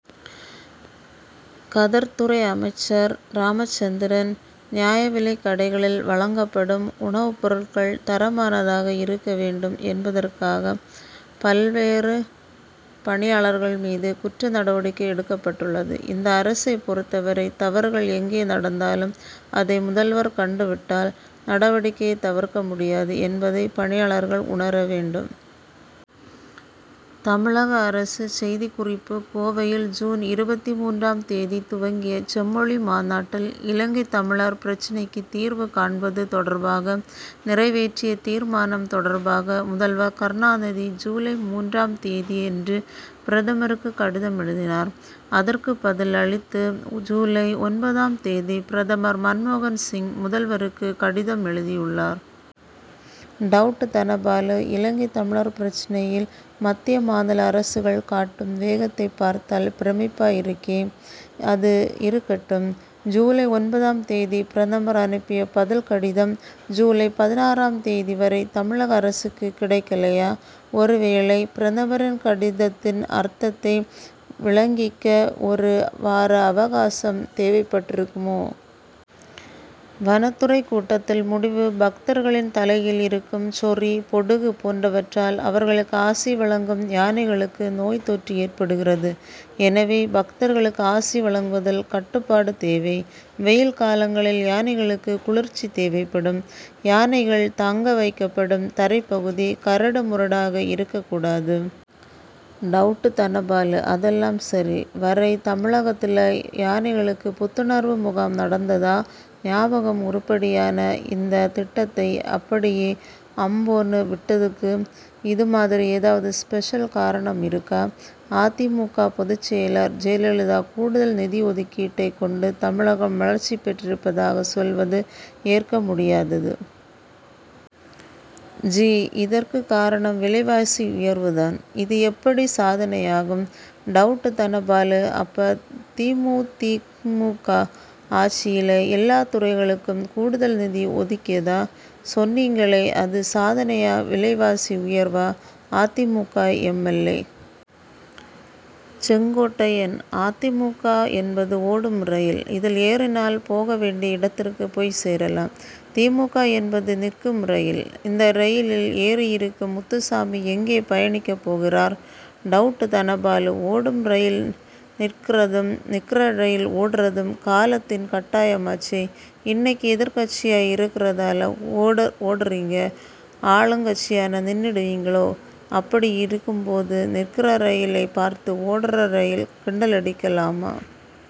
கதர் துறை அமைச்சர் ராமச்சந்திரன்: நியாய விலைக் கடைகளில் வழங்கப்படும் உணவுப்பொருட்கள் தரமானதாக இருக்க வேண்டும் என்பதற்காக, பல்வேறு பணியாளர்கள் மீது, குற்ற நடவடிக்கை எடுக்கப்பட்டுள்ளது. இந்த அரசைப் பொறுத்தவரை, தவறுகள் எங்கே நடந்தாலும், அதை முதல்வர் கண்டுவிட்டால், நடவடிக்கையை தவிர்க்க முடியாது என்பதை பணியாளர்கள் உணர வேண்டும். தமிழக அரசு செய்திக்குறிப்பு கோவையில் ஜூன் இருபத்து மூன்றாம் தேதி துவங்கிய செம்மொழி மாநாட்டில், இலங்கைத் தமிழர் பிரச்னைக்கு தீர்வு காண்பது தொடர்பாக, நிறைவேற்றிய தீர்மானம் தொடர்பாக, முதல்வர் கருணாநிதி ஜூலை மூன்றாம் தேதியன்று பிரதமருக்கு கடிதம் எழுதினார். அதற்கு பதில் அளித்து, ஜூலை ஒன்பதாம் தேதி பிரதமர் மன்மோகன் சிங், முதல்வருக்கு கடிதம் எழுதியுள்ளார். டவுட் தனபாலு இலங்கைத் தமிழர் பிரச்னையில், மத்திய, மாநில அரசுகள் காட்டும் வேகத்தை பார்த்தால் பிரமிப்பா இருக்கே! அது இருக்கட்டும் ஜூலை ஒன்பதாம் தேதி பிரதமர் அனுப்பிய பதில் கடிதம், ஜூலை பதினாறாம் தேதி வரை தமிழக அரசுக்கு கிடைக்கலையா? ஒரு வேளை பிரதமரின் கடிதத்தின் அர்த்தத்தை விளங்கிக்க, ஒரு வார அவகாசம் தேவைப்பட்டிருக்குமோ? வனத்துறை கூட்டத்தில் முடிவு பக்தர்களின் தலையில் இருக்கும் சொறி, பொடுகு போன்றவற்றால், அவர்களுக்கு ஆசி வழங்கும் யானைகளுக்கு நோய் தொற்று ஏற்படுகிறது. எனவே, பக்தர்களுக்கு ஆசி வழங்குவதில் கட்டுப்பாடு தேவை. வெயில் காலங்களில் யானைகளுக்கு குளிர்ச்சி தேவைப்படும். யானைகள் தங்க வைக்கப்படும் தரைப்பகுதி, கரடு முரடாக இருக்கக் கூடாது. டவுட் தனபாலு அதெல்லாம் சரி வரை தமிழகத்துல யானைகளுக்கு புத்துணர்வு முகாம் நடந்ததா ஞாபகம்உருப்படியான இந்த திட்டத்தை, அப்படியே அம்போன்னு விட்டதுக்கு, இது மாதிரி ஏதாவது ஸ்பெஷல் காரணம் இருக்கா? அ. தி. மு. க., பொதுச்செயலர் ஜெயலலிதா கூடுதல் நிதி ஒதுக்கீட்டைக் கொண்டு, தமிழகம் வளர்ச்சி பெற்றிருப்பதாக சொல்வது ஏற்க முடியாதது. ஜி. இதற்கு காரணம் விலைவாசி உயர்வு தான். இது எப்படி சாதனையாகும். டவுட் தனபாலு அப்ப தி. மு. தி. மு. க., ஆட்சியில எல்லா துறைகளுக்கும் கூடுதல் நிதி ஒதுக்கியதா சொன்னீங்களேஅது சாதனையாவிலைவாசி உயர்வா? அ. தி. மு. க., எம். எல். ஏ., செங்கோட்டையன்: அ. தி. மு. க., என்பது ஓடும் ரயில். இதில் ஏறினால் போக வேண்டிய இடத்திற்குப் போய்ச் சேரலாம். தி. மு. க., என்பது நிற்கும் ரயில். இந்த ரயிலில் ஏறியிருக்கும் முத்துசாமி எங்கே பயணிக்கப் போகிறார்? டவுட் தனபாலு ஓடும் ரயில் நிற்கறதும், நிற்கற ரயில் ஓடறதும் காலத்தின் கட்டாயமாச்சேஇன்னைக்கு எதிர்க்கட்சியா இருக்கறதால ஓடறீங்க ஆளுங்கட்சியானா நின்னுடுவீங்களே அப்படி இருக்கும்போது, நிற்கற ரயிலைப் பார்த்து ஓடற ரயில் கிண்டலடிக்கலாமா?